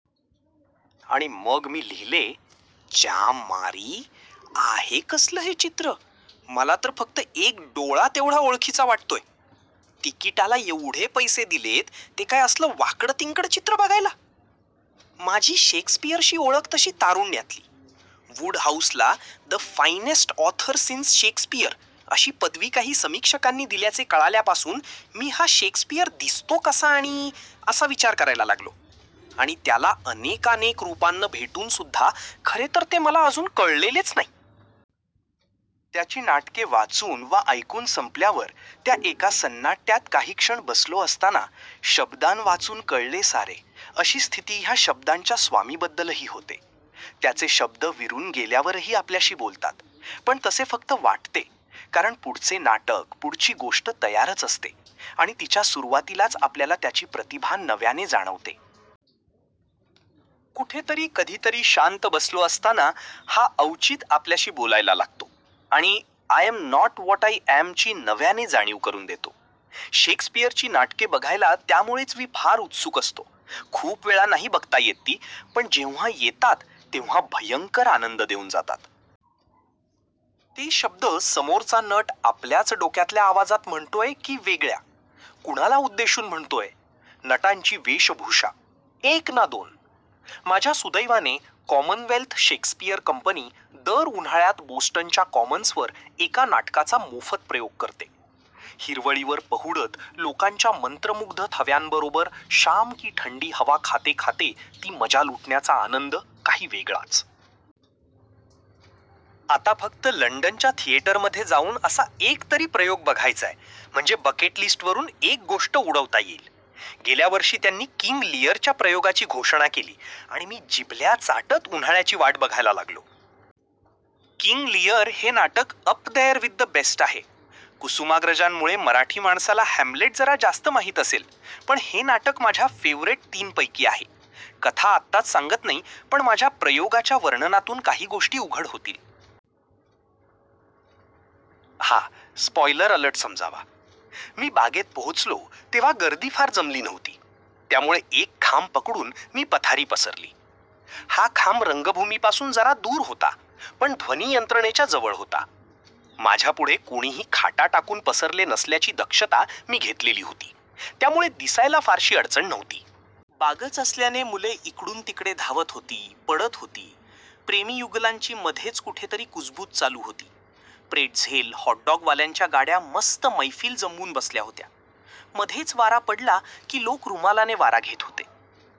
आणि मग मी लिहिले "च्यामारी!!! आहे कसलं हे चित्र? मला तर फक्त एक डोळा तेवढा ओळखीचा वाटतोय. तिकीटाला एवढे पैसे दिलेत ते काय असलं वाकडंतिकडं चित्र बघायला! माझी शेक्सपीअरशी ओळख तशी तारूण्यातली. वूडहाऊसला 'the finest author since Shakespeare' अशी पदवी काही समीक्षकांनी दिल्याचे कळाल्यापासून मी हा शेक्सपीअर 'दिसतो कसा आननी' असा विचार करायला लागलो, आणि त्याला अनेकानेक रूपांत भेटूनसुद्धा खरेतर ते मला अजून कळलेलेच नाही. त्याची नाटके वाचून वा ऐकून संपल्यावर त्या एका सन्नाट्यात काही क्षण बसलो असताना 'शब्दांवाचून कळले सारे' अशी स्थिती ह्या शब्दांच्या स्वामीबद्दलही होते. त्याचे शब्द विरून गेल्यावरही आपल्याशी बोलतात. पण तसे फक्त वाटते. कारण पुढचे नाटक, पुढची गोष्ट तयारच असते, आणि तिच्या सुरवातीलाच आपल्याला त्याची प्रतिभा नव्याने जाणवते. कुठेतरी कधीतरी शांत बसलो असताना हा अवचित आपल्याशी बोलायला लागतो, आणि 'I am not what I am' ची नव्याने जाणीव करून देतो. शेक्सपीअरची नाटके बघायला त्यामुळेच मी फार उत्सुक असतो. खूप वेळा नाही बघता येत ती, पण जेव्हा येतात, तेव्हा भयंकर आनंद देऊन जातात. ते शब्द समोरचा नट आपल्याच डोक्यातल्या आवाजात म्हणतोय की वेगळ्या, कुणाला उद्देशून म्हणतोय, नटांची वेशभूषाएक ना दोन! माझ्या सुदैवाने 'कॉमनवेल्थ शेक्सपीअर कंपनी' दर उन्हाळ्यात बोस्टनच्या कॉमन्सवर एका नाटकाचा मोफत प्रयोग करते. हिरवळीवर पहुडत लोकांच्या मंत्रमुग्ध थव्यांबरोबर शाम की ठंडी हवा खाते खाते ती मजा लुटण्याचा आनंद काही वेगळाच! आता फक्त लंडनच्या थिएटरमध्ये जाऊन असा एकतरी प्रयोग बघायचा आहे, म्हणजे बकेट लिस्टवरून एक गोष्ट उडवता येईल. गेल्या वर्षी त्यांनी किंग लीअरच्या प्रयोगाची घोषणा केली आणि मी जिभल्या चाटत उन्हाळ्याची वाट बघायला लागलो. किंग लीअर हे नाटक 'up there with the best' आहे. कुसुमाग्रजांमुळे मराठी माणसाला हॅम्लेट जरा जास्त माहीत असेल, पण हे नाटक माझ्या फेवरीट तीनपैकी आहे. कथा आताच सांगत नाही, पण माझ्या प्रयोगाच्या वर्णनातून काही गोष्टी उघड होतील. हा स्पॉइलर अॅलर्ट समजावा. मी बागेत पोहोचलो, तेव्हा गर्दी फार जमली नव्हती. त्यामुळे एक खांब पकडून मी पथारी पसरली. हा खांब रंगभूमीपासून जरा दूर होता, पण ध्वनियंत्रणेच्या जवळ होता. माझ्यापुढे कोणीही खाटा टाकून पसरले नसल्याची दक्षता मी घेतलेली होती, त्यामुळे दिसायला फारशी अडचण नव्हती. बागच असल्याने मुले इकडून तिकडे धावत होती, पडत होती. प्रेमी युगुलांची मध्येच कुठेतरी कुजबूज चालू होती. प्रेट्झेल-हॉटडॉगवाल्यांच्या गाड्या मस्त मैफिल जमवून बसल्या होत्या. मध्येच वारा पडला, की लोक रुमालाने वारा घेत होते.